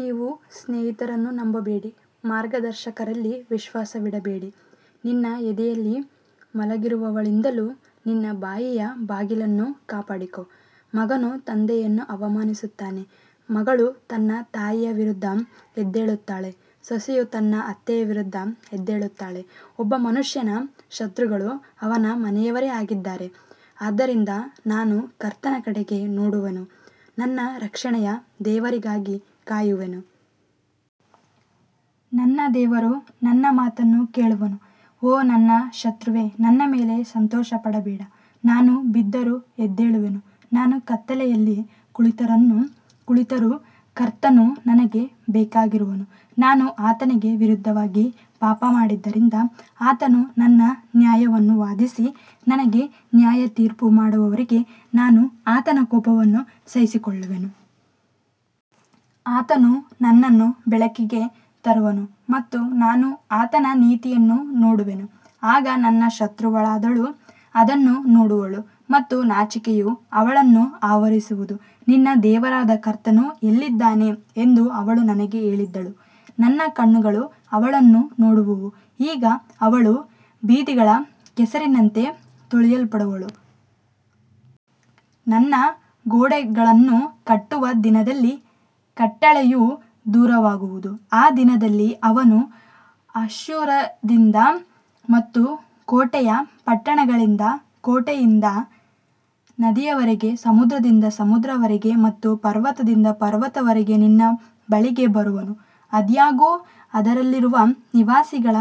ನೀವು ಸ್ನೇಹಿತರನ್ನು ನಂಬಬೇಡಿ, ಮಾರ್ಗದರ್ಶಕರಲ್ಲಿ ವಿಶ್ವಾಸವಿಡಬೇಡಿ. ನಿನ್ನ ಎದೆಯಲ್ಲಿ ಮಲಗಿರುವವಳಿಂದಲೂ ನಿನ್ನ ಬಾಯಿಯ ಬಾಗಿಲುಗಳನ್ನು ಕಾಪಾಡಿಕೋ. ಮಗನು ತಂದೆಯನ್ನು ಅವಮಾನಿಸುತ್ತಾನೆ, ಮಗಳು ತನ್ನ ತಾಯಿಯ ವಿರುದ್ಧ ಎದ್ದೇಳುತ್ತಾಳೆ, ಸೊಸೆಯು ತನ್ನ ಅತ್ತೆಯ ವಿರುದ್ಧ ಎದ್ದೇಳುತ್ತಾಳೆ, ಒಬ್ಬ ಮನುಷ್ಯನ ಶತ್ರುಗಳು ಅವನ ಮನೆಯವರೇ ಆಗಿದ್ದಾರೆ. ಆದ್ದರಿಂದ ನಾನು ಕರ್ತನ ಕಡೆಗೆ ನೋಡುವೆನು, ನನ್ನ ರಕ್ಷಣೆಯ ದೇವರಿಗಾಗಿ ಕಾಯುವೆನು. ನನ್ನ ದೇವರು ನನ್ನ ಮಾತನ್ನು ಕೇಳುವನು. ಓ ನನ್ನ ಶತ್ರುವೇ, ನನ್ನ ಮೇಲೆ ಸಂತೋಷಪಡಬೇಡ. ನಾನು ಬಿದ್ದರೂ ಎದ್ದೇಳುವೆನು, ನಾನು ಕತ್ತಲೆಯಲ್ಲಿ ಕುಳಿತರೂ ಕರ್ತನು ನನಗೆ ಬೆಳಕಾಗಿರುವನು. ನಾನು ಆತನಿಗೆ ವಿರುದ್ಧವಾಗಿ ಪಾಪಮಾಡಿದ್ದರಿಂದ ಆತನು ನನ್ನ ನ್ಯಾಯವನ್ನು ವಾದಿಸಿ ನನಗೆ ನ್ಯಾಯತೀರ್ಪು ಮಾಡುವವರೆಗೆ ನಾನು ಆತನ ಕೋಪವನ್ನು ಸಹಿಸಿಕೊಳ್ಳುವೆನು. ಆತನು ನನ್ನನ್ನು ಬೆಳಕಿಗೆ ತರುವನು ಮತ್ತು ನಾನು ಆತನ ನೀತಿಯನ್ನು ನೋಡುವೆನು. ಆಗ ನನ್ನ ಶತ್ರುವಾದವಳು ಅದನ್ನು ನೋಡುವಳು ಮತ್ತು ನಾಚಿಕೆಯು ಅವಳನ್ನು ಆವರಿಸುವುದು. ನಿನ್ನ ದೇವರಾದ ಕರ್ತನು ಎಲ್ಲಿದ್ದಾನೆ ಎಂದು ಅವಳು ನನಗೆ ಹೇಳಿದ್ದಳು. ನನ್ನ ಕಣ್ಣುಗಳು ಅವಳನ್ನು ನೋಡುವವು, ಈಗ ಅವಳು ಬೀದಿಗಳ ಕೆಸರಿನಂತೆ ತುಳಿಯಲ್ಪಡುವಳು. ನಿನ್ನ ಗೋಡೆಗಳನ್ನು ಕಟ್ಟುವ ದಿನದಲ್ಲಿ ಕಟ್ಟಳೆಯು ದೂರವಾಗುವುದು. ಆ ದಿನದಲ್ಲಿ ಅವನು ಅಶ್ಶೂರದಿಂದ ಮತ್ತು ಕೋಟೆಯ ಪಟ್ಟಣಗಳಿಂದ, ಕೋಟೆಯಿಂದ ನದಿಯವರೆಗೆ, ಸಮುದ್ರದಿಂದ ಸಮುದ್ರವರೆಗೆ ಮತ್ತು ಪರ್ವತದಿಂದ ಪರ್ವತವರೆಗೆ ನಿನ್ನ ಬಳಿಗೆ ಬರುವನು. ಆದಾಗ್ಯೂ, ಅದರಲ್ಲಿರುವ ನಿವಾಸಿಗಳ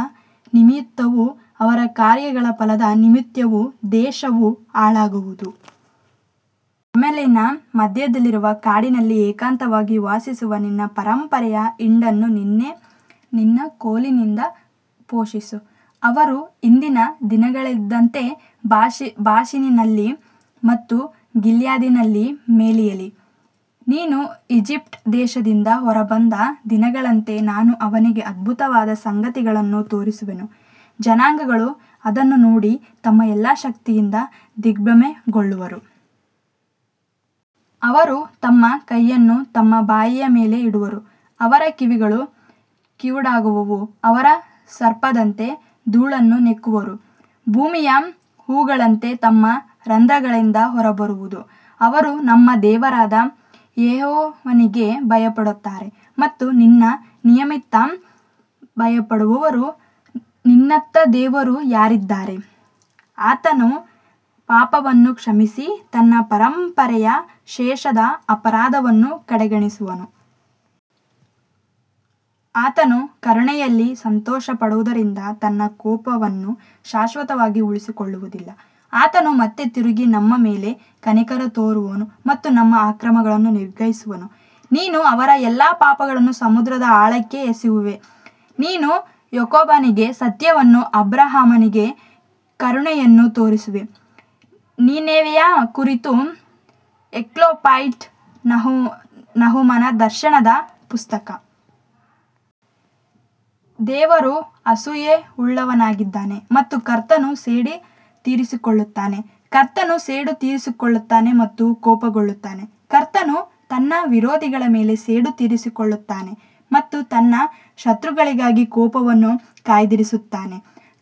ನಿಮಿತ್ತವೂ ಅವರ ಕಾರ್ಯಗಳ ಫಲದ ನಿಮಿತ್ತವೂ ದೇಶವು ಹಾಳಾಗುವುದು. ಕರ್ಮೆಲಿನ ಮಧ್ಯದಲ್ಲಿರುವ ಕಾಡಿನಲ್ಲಿ ಏಕಾಂತವಾಗಿ ವಾಸಿಸುವ ನಿನ್ನ ಪರಂಪರೆಯ ಹಿಂಡನ್ನು ನಿನ್ನ ಕೋಲಿನಿಂದ ಪೋಷಿಸು. ಅವರು ಹಿಂದಿನ ದಿನಗಳಲ್ಲಿದ್ದಂತೆ ಬಾಷಾನಿನಲ್ಲಿ ಮತ್ತು ಗಿಲ್ಯಾದಿನಲ್ಲಿ ಮೇಯಲಿ. ನೀನು ಈಜಿಪ್ಟ್ ದೇಶದಿಂದ ಹೊರಬಂದ ದಿನಗಳಂತೆ ನಾನು ಅವನಿಗೆ ಅದ್ಭುತವಾದ ಸಂಗತಿಗಳನ್ನು ತೋರಿಸುವೆನು. ಜನಾಂಗಗಳು ಅದನ್ನು ನೋಡಿ ತಮ್ಮ ಎಲ್ಲಾ ಶಕ್ತಿಯಿಂದ ದಿಗ್ಭ್ರಮೆಗೊಳ್ಳುವರು. ಅವರು ತಮ್ಮ ಕೈಯನ್ನು ತಮ್ಮ ಬಾಯಿಯ ಮೇಲೆ ಇಡುವರು, ಅವರ ಕಿವಿಗಳು ಕಿವುಡಾಗುವವು. ಅವರು ಸರ್ಪದಂತೆ ಧೂಳನ್ನು ನೆಕ್ಕುವರು, ಭೂಮಿಯ ಹುಳುಗಳಂತೆ ತಮ್ಮ ರಂಧ್ರಗಳಿಂದ ಹೊರಬರುವರು. ಅವರು ನಮ್ಮ ದೇವರಾದ ಯೆಹೋವನಿಗೆ ಭಯಪಡುತ್ತಾರೆ ಮತ್ತು ನಿನ್ನ ನಿಮಿತ್ತ ಭಯಪಡುವರು. ನಿನ್ನಂಥ ದೇವರು ಯಾರಿದ್ದಾನೆ? ಆತನು ಪಾಪವನ್ನು ಕ್ಷಮಿಸಿ ತನ್ನ ಪರಂಪರೆಯ ಶೇಷದ ಅಪರಾಧವನ್ನು ಕಡೆಗಣಿಸುವನು. ಆತನು ಕರುಣೆಯಲ್ಲಿ ಸಂತೋಷಪಡುವುದರಿಂದ ತನ್ನ ಕೋಪವನ್ನು ಶಾಶ್ವತವಾಗಿ ಉಳಿಸಿಕೊಳ್ಳುವುದಿಲ್ಲ. ಆತನು ಮತ್ತೆ ತಿರುಗಿ ನಮ್ಮ ಮೇಲೆ ಕನಿಕರ ತೋರುವನು ಮತ್ತು ನಮ್ಮ ಅಕ್ರಮಗಳನ್ನು ನಿಗ್ರಹಿಸುವನು. ನೀನು ಅವರ ಎಲ್ಲಾ ಪಾಪಗಳನ್ನು ಸಮುದ್ರದ ಆಳಕ್ಕೆ ಎಸೆಯುವೆ. ನೀನು ಯಾಕೋಬನಿಗೆ ಸತ್ಯವನ್ನೂ ಅಬ್ರಹಾಮನಿಗೆ ಕರುಣೆಯನ್ನೂ ತೋರಿಸುವೆ. ನಿನೆವೆಯ ಕುರಿತು ಎಲ್ಕೋಷೈಟ್ ನಹೂಮನ ದರ್ಶನದ ಪುಸ್ತಕ. ದೇವರು ಅಸೂಯೆಯುಳ್ಳವನಾಗಿದ್ದಾನೆ ಮತ್ತು ಕರ್ತನು ಸೇಡು ತೀರಿಸಿಕೊಳ್ಳುತ್ತಾನೆ. ಕರ್ತನು ಸೇಡು ತೀರಿಸಿಕೊಳ್ಳುತ್ತಾನೆ ಮತ್ತು ಕೋಪಗೊಳ್ಳುತ್ತಾನೆ. ಕರ್ತನು ತನ್ನ ವಿರೋಧಿಗಳ ಮೇಲೆ ಸೇಡು ತೀರಿಸಿಕೊಳ್ಳುತ್ತಾನೆ ಮತ್ತು ತನ್ನ ಶತ್ರುಗಳಿಗಾಗಿ ಕೋಪವನ್ನು ಕಾಯ್ದಿರಿಸುತ್ತಾನೆ.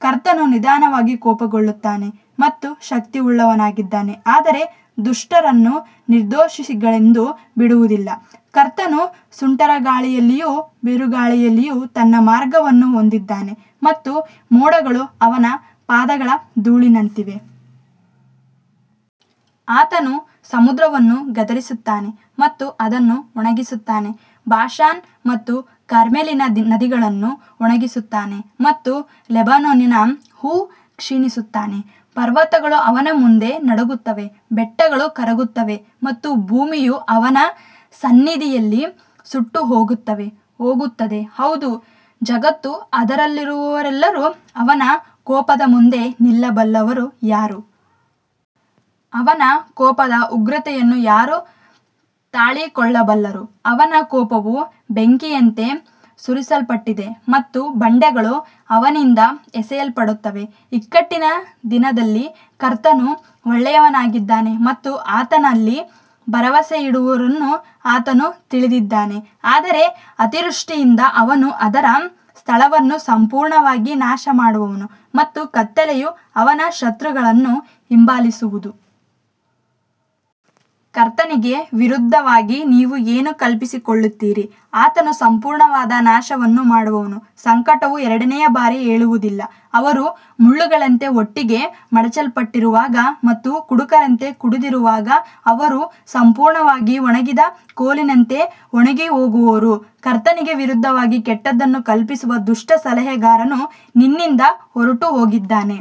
ಕರ್ತನು ನಿಧಾನವಾಗಿ ಕೋಪಗೊಳ್ಳುತ್ತಾನೆ ಮತ್ತು ಶಕ್ತಿಯುಳ್ಳವನಾಗಿದ್ದಾನೆ, ಆದರೆ ದುಷ್ಟರನ್ನು ನಿರ್ದೋಷಿಗಳೆಂದು ಬಿಡುವುದಿಲ್ಲ. ಕರ್ತನು ಸುಂಟರಗಾಳಿಯಲ್ಲಿಯೂ ಬಿರುಗಾಳಿಯಲ್ಲಿಯೂ ತನ್ನ ಮಾರ್ಗವನ್ನು ಹೊಂದಿದ್ದಾನೆ ಮತ್ತು ಮೋಡಗಳು ಅವನ ಪಾದಗಳ ಧೂಳಿನಂತಿವೆ. ಆತನು ಸಮುದ್ರವನ್ನು ಗದರಿಸುತ್ತಾನೆ ಮತ್ತು ಅದನ್ನು ಒಣಗಿಸುತ್ತಾನೆ, ಬಾಷಾನ್ ಮತ್ತು ಕರ್ಮೆಲಿನ ನದಿಗಳನ್ನು ಒಣಗಿಸುತ್ತಾನೆ ಮತ್ತು ಲೆಬನೋನಿನ ಹೂವು ಕ್ಷೀಣಿಸುತ್ತಾನೆ. ಪರ್ವತಗಳು ಅವನ ಮುಂದೆ ನಡುಗುತ್ತವೆ, ಬೆಟ್ಟಗಳು ಕರಗುತ್ತವೆ ಮತ್ತು ಭೂಮಿಯು ಅವನ ಸನ್ನಿಧಿಯಲ್ಲಿ ಸುಟ್ಟುಹೋಗುತ್ತದೆ. ಹೌದು, ಜಗತ್ತೂ ಅದರಲ್ಲಿರುವವರೆಲ್ಲರೂ ಅವನ ಕೋಪದ ಮುಂದೆ ನಿಲ್ಲಬಲ್ಲವರು ಯಾರು? ಅವನ ಕೋಪದ ಉಗ್ರತೆಯನ್ನು ಯಾರು ತಾಳಿಕೊಳ್ಳಬಲ್ಲರು? ಅವನ ಕೋಪವು ಬೆಂಕಿಯಂತೆ ಸುರಿಸಲ್ಪಟ್ಟಿದೆ ಮತ್ತು ಬಂಡೆಗಳು ಅವನಿಂದ ಎಸೆಯಲ್ಪಡುತ್ತವೆ. ಇಕ್ಕಟ್ಟಿನ ದಿನದಲ್ಲಿ ಕರ್ತನು ಒಳ್ಳೆಯವನಾಗಿದ್ದಾನೆ ಮತ್ತು ಆತನಲ್ಲಿ ಭರವಸೆಯಿಡುವವರನ್ನು ಆತನು ತಿಳಿದಿದ್ದಾನೆ. ಆದರೆ ಅತಿವೃಷ್ಟಿಯಿಂದ ಅವನು ಅದರ ಸ್ಥಳವನ್ನು ಸಂಪೂರ್ಣವಾಗಿ ನಾಶಮಾಡುವನು ಮತ್ತು ಕತ್ತಲೆಯು ಅವನ ಶತ್ರುಗಳನ್ನು ಹಿಂಬಾಲಿಸುವುದು. ಕರ್ತನಿಗೆ ವಿರುದ್ಧವಾಗಿ ನೀವು ಏನು ಕಲ್ಪಿಸಿಕೊಳ್ಳುತ್ತೀರಿ? ಆತನು ಸಂಪೂರ್ಣವಾದ ನಾಶವನ್ನು ಮಾಡುವನು, ಸಂಕಟವು ಎರಡನೆಯ ಬಾರಿ ಏಳುವುದಿಲ್ಲ. ಅವರು ಮುಳ್ಳುಗಳಂತೆ ಒಟ್ಟಿಗೆ ಮಡಚಲ್ಪಟ್ಟಿರುವಾಗ ಮತ್ತು ಕುಡುಕರಂತೆ ಕುಡಿದಿರುವಾಗ, ಅವರು ಸಂಪೂರ್ಣವಾಗಿ ಒಣಗಿದ ಕೋಲಿನಂತೆ ಒಣಗಿಹೋಗುವರು. ಕರ್ತನಿಗೆ ವಿರುದ್ಧವಾಗಿ ಕೆಟ್ಟದ್ದನ್ನು ಕಲ್ಪಿಸುವ ದುಷ್ಟ ಸಲಹೆಗಾರನು ನಿನ್ನಿಂದ ಹೊರಟುಹೋಗಿದ್ದಾನೆ.